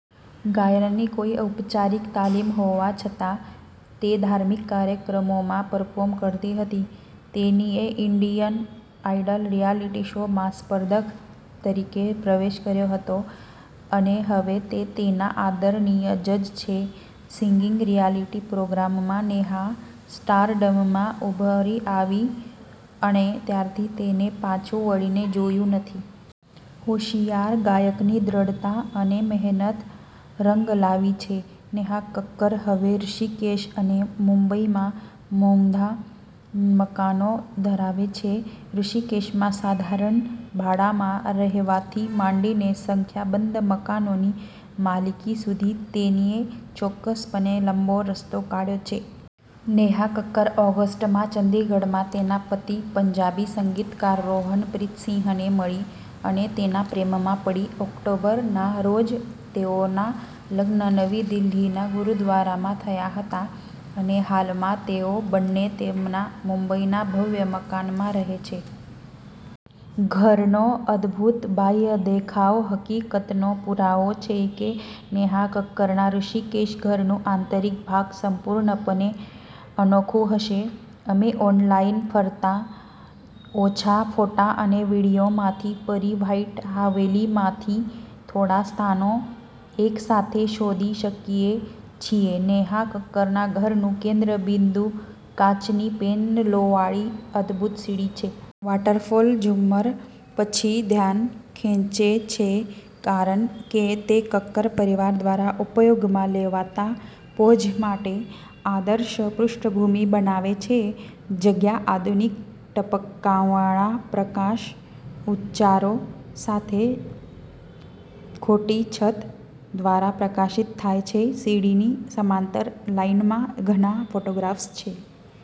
ગાયનની કોઈ ઔપચારિક તાલીમહોવા છતાં, તે ધાર્મિક કાર્યક્રમોમાં પરફોર્મ કરતી હતી. તેણીએ ઈન્ડિયન આઈડલ રિયાલિટી શોમાં સ્પર્ધક તરીકે પ્રવેશ કર્યો હતો અને હવે તે તેના આદરણીય જજ છે. સિંગિંગ રિયાલિટી પ્રોગ્રામમાં નેહા સ્ટારડમમાં ઉભરી આવી, અને ત્યારથી, તેણે પાછું વળીને જોયું નથી. હોશિયાર ગાયકની દ્રઢતા અને મહેનત રંગ લાવી છે. નેહા કક્કર હવે ઋષિકેશ અને મુંબઈમાં મોંઘા મકાનો ધરાવે છે. ઋષિકેશમાં સાધારણ ભાડામાં રહેવાથી માંડીને સંખ્યાબંધ મકાનોની માલિકી સુધી તેણીએ ચોક્કસપણે લાંબો રસ્તો કાઢ્યો છે. નેહા કક્કર ઓગસ્ટ માં ચંદીગઢમાં તેના પતિ, પંજાબી સંગીતકાર રોહનપ્રીત સિંહને મળી, અને તેના પ્રેમમાં પડી. ઓક્ટોબર, ના રોજ, તેઓના લગ્ન નવી દિલ્હીના ગુરુદ્વારામાં થયા હતા, અને હાલમાં, તેઓ બંને તેમના મુંબઈના ભવ્ય મકાનમાં રહે છે. ઘરનો અદભૂત બાહ્ય દેખાવહકીકતનો પુરાવો છે કે નેહા કક્કરના ઋષિકેશ ઘરનું આંતરિક ભાગ સંપૂર્ણપણે અનોખું હશે. અમે ઓનલાઈન ફરતા ઓછા ફોટા અને વિડીયોમાંથી પરી વ્હાઇટ હવેલીમાંથી થોડાં સ્થાનો એકસાથે શોધી શકીએ છીએ. નેહા કક્કરના ઘરનું કેન્દ્રબિંદુ કાચની પેનલોવાળી અદભૂત સીડી છે. વોટરફોલ ઝુમ્મર પછી ધ્યાન ખેંચે છે કારણ કે તે કક્કર પરિવાર દ્વારા ઉપયોગમાં લેવાતા પોઝ માટે આદર્શ પૃષ્ઠભૂમિ બનાવે છે. જગ્યા આધુનિક ટપકાંવાળા પ્રકાશ ઉચ્ચારો સાથે ખોટી છત દ્વારા પ્રકાશિત થાય છે. સીડીની સમાંતર લાઇનમાં ઘણા ફોટોગ્રાફ્સ છે.